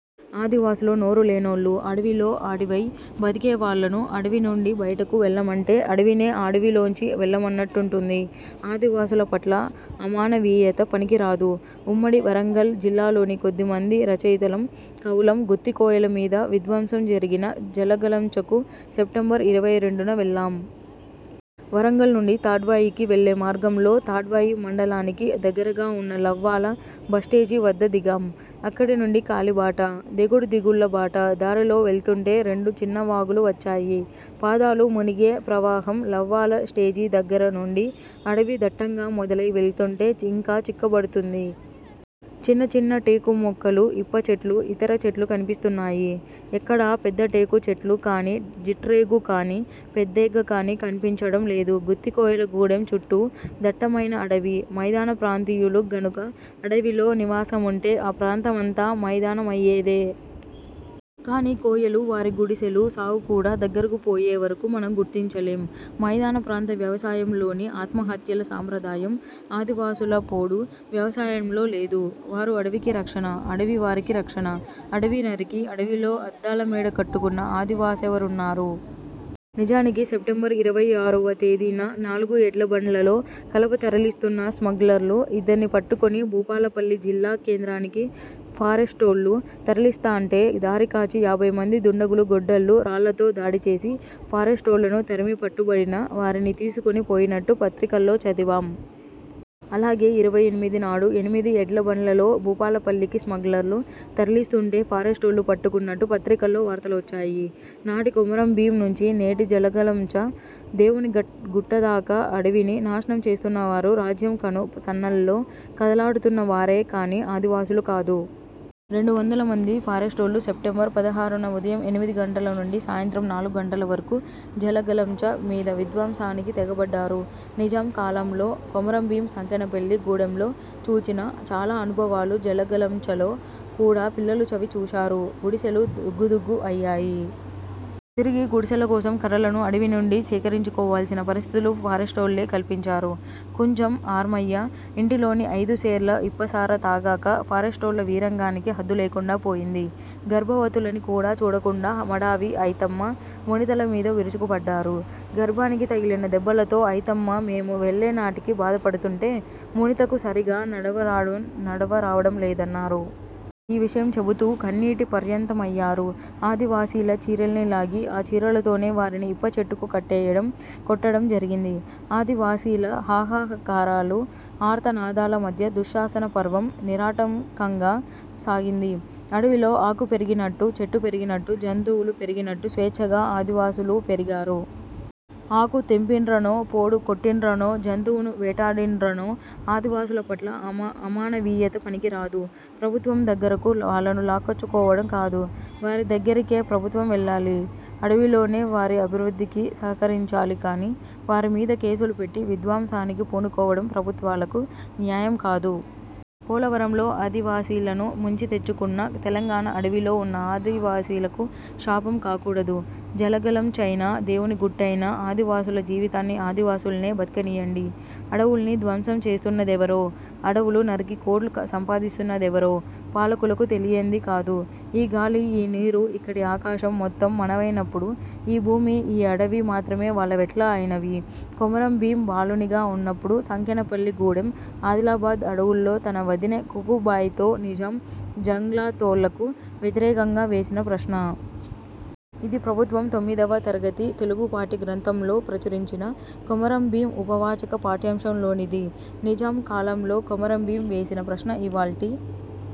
ఆదివాసులు నోరు లేనోళ్ళు. అడవిలో అడివై బతికే వాళ్ళను అడవి నుండి బయటకు వెళ్ళమంటే అడివినే అడివిలోంచి వెళ్ళమన్నట్టుంటుంది. ఆదివాసుల పట్ల అమానవీయత పనికిరాదు. ఉమ్మడి వరంగల్ జిల్లాలోని కొద్దిమంది రచయితలం, కవులం గుత్తికోయల మీద విధ్వంసం జరిగిన జలగలంచకు సెప్టెంబర్ ఇరవై రెండున వెళ్లాం. వరంగల్ నుండి తాడ్వాయికి వెళ్ళే మార్గంలో, తాడ్వాయి మండలానికి దగ్గరగా ఉన్న లవ్వాల బస్టేజి వద్ద దిగాం. అక్కడి నుండి కాలిబాట. ఎగుడు దిగుళ్ళ బాట. దారిలో వెళ్తుంటే రెండు చిన్న వాగులు వచ్చాయి. పాదాలు మునిగే ప్రవాహం లవ్వాల స్టేజీ దగ్గర నుండి అడవి దట్టంగా మొదలై వెళ్తుంటే ఇంకా చిక్కబడ్తుంది. చిన్న చిన్న టేకు మొక్కలు, ఇప్ప చెట్లు, ఇతర చెట్లు కన్పిస్తున్నాయి. ఎక్కడా పెద్ద టేకు చెట్లు కాని, జిట్రేగు కాని, పెద్దేగ కాని కన్పించడం లేదు. గుత్తికోయల గూడెం చుట్టూ దట్టమైన అడవి. మైదాన ప్రాంతీయులు గనుక అడవిలో నివాసముంటే ఆ ప్రాంతమంతా మైదానమయ్యేదే! కాని కోయలు, వారి గుడిసెలు, సాగు కూడా దగ్గరకు పోయే వరకు మనం గుర్తించలేం. మైదాన ప్రాంత వ్యవసాయంలోని ఆత్మహత్యల సాంప్రదాయం, ఆదివాసుల పోడు వ్యవసాయంలో లేదు. వారు అడవికి రక్షణ. అడవి వారికి రక్షణ. అడవి నరికి, అడవిలో అద్దాల మేడ కట్టుకున్న ఆదివాసెవరున్నారు? నిజానికి సెప్టెంబర్ ఇరవై ఆరువ తేదీన నాలుగు ఎడ్ల బండ్లలో కలప తరలిస్తున్న స్మగ్లర్లు ఇద్దర్ని పట్టుకొని భూపాలపల్లి జిల్లా కేంద్రానికి ఫారెస్టోళ్ళు తరలిస్తాంటే దారి కాచి యాభై మంది దుండగులు గొడ్డళ్ళు, రాళ్ళతో దాడిచేసి, ఫారెస్టోళ్ళను తరిమి పట్టుబడిన వారిని తీసుకొని పోయినట్టు పత్రికల్లో చదివాం. అలాగే ఇరవై ఎనిమిది నాడు ఎనిమిది ఎడ్ల బండ్లల్లో భూపాలపల్లికి స్మగ్లర్లు తరలిస్తుంటే ఫారెస్టోళ్ళు పట్టుకున్నట్టు పత్రికల్లో వార్తలొచ్చాయి. నాటి కొమరం భీం నుంచి నేటి జలగలంచ, దేవుని గుట్ట దాక అడవిని నాశనం చేస్తున్న వారు రాజ్యం కను సన్నల్లో కదలాడుతున్న వారే కాని ఆదివాసులు కాదు. రెండు వందలమంది ఫారెస్టోళ్ళు సెప్టెంబర్ పదహారున ఉదయం ఎనిమిది గంటల నుండి సాయం త్రం నాలుగు గంటల వరకు జలగలంచ మీద విధ్వంసానికి తెగబడ్డారు. నిజాం కాలంలో కొమరం భీం సంకెనపెల్లి గూడెంలో చూచిన చాలా అనుభవాలు జలగలంచలో కూడా పిల్లలు చవి చూశారు. గుడిసెలు దుగ్గు దుగ్గు అయ్యాయి. తిరిగి గుడిసెల కోసం కర్రలను అడవి నుండి సేకరించుకోవాల్సిన పరిస్థితులు ఫారెస్టోళ్ళే కల్పించారు. కుంజం ఆర్మయ్య ఇంటి లోని ఐదు సేర్ల ఇప్పసార తాగాక ఫారెస్టోళ్ళ వీరంగానికి హద్దు లేకుండా పోయింది. గర్భవతులని కూడా చూడకుండా మడావి అయితమ్మ, మునితల మీద విరుచుకుపడ్డారు. గర్భానికి తగిలిన దెబ్బలతో అయితమ్మ మేము వెళ్ళేనాటికి బాధపడుతుంటే, మునితకు సరిగా నడవరాదు నడవ రావడం లేదన్నారు. ఈ విషయం చెబుతూ కన్నీటి పర్యంతమయ్యారు. ఆదివాసీల చీరల్ని లాగి, ఆ చీరలతోనే వారిని ఇప్పచెట్టుకు కట్టేయడం, కొట్టడం జరిగింది. ఆదివాసీల హాహాకారాలు, ఆర్తనాదాల మధ్య దుశ్శాసన పర్వం నిరాటంకంగా సాగింది. అడవిలో ఆకు పెరిగినట్టు, చెట్టు పెరిగినట్టు, జంతువులు పెరిగినట్టు స్వేచ్ఛగా ఆదివాసులూ పెరిగారు. ఆకు తెంపిండ్రనో, పోడు కొట్టిండ్రనో, జంతువును వేటాడిండ్రనో ఆదివాసుల పట్ల అమానవీయత పనికిరాదు. ప్రభుత్వం దగ్గరకు వాళ్ళను లాక్కొచ్చుకోవడం కాదు. వారి దగ్గరికే ప్రభుత్వం వెళ్ళాలి. అడవిలోనే వారి అభివృద్ధికి సహకరించాలి కాని, వారి మీద కేసులు పెట్టి, విధ్వంసానికి పూనుకోవడం ప్రభుత్వాలకు న్యాయం కాదు. పోలవరంలో ఆదివాసీలను ముంచి తెచ్చుకున్న తెలంగాణ, అడవిలో ఉన్న ఆదివాసీలకు శాపం కాకూడదు. జలగలంచైనా, దేవునిగుట్టైనా, ఆదివాసుల జీవితాన్ని ఆదివాసుల్నే బతకనీయండి. అడవుల్ని ధ్వంసం చేస్తున్నదెవరో, అడవులు నరికి కోట్లు సంపాదిస్తున్నదెవరో పాలకులకు తెలియంది కాదు. ''ఈ గాలి, ఈ నీరు, ఇక్కడి ఆకాశం మొత్తం మనవైనప్పుడు, ఈ భూమి, ఈ అడవి మాత్రమే వాళ్ళవెట్లా అయినవి'' కొమరం భీం బాలునిగా ఉన్నప్పుడు సంకెనపల్లి గూడెం, ఆదిలాబాద్ అడవుల్లో తన వదినె కుకుబాయితో నిజాం జంగ్లాతోళ్ళకు వ్యతిరేకంగా వేసిన ప్రశ్న. ఇది ప్రభుత్వం తొమ్మిదివ తరగతి తెలుగు పాఠ్య గ్రంథంలో ప్రచురించిన 'కొమరం భీం' ఉపవాచక పాఠ్యాంశంలోనిది. నిజాం కాలంలో కొమరం భీం వేసిన ప్రశ్న ఇవ్వాల్టి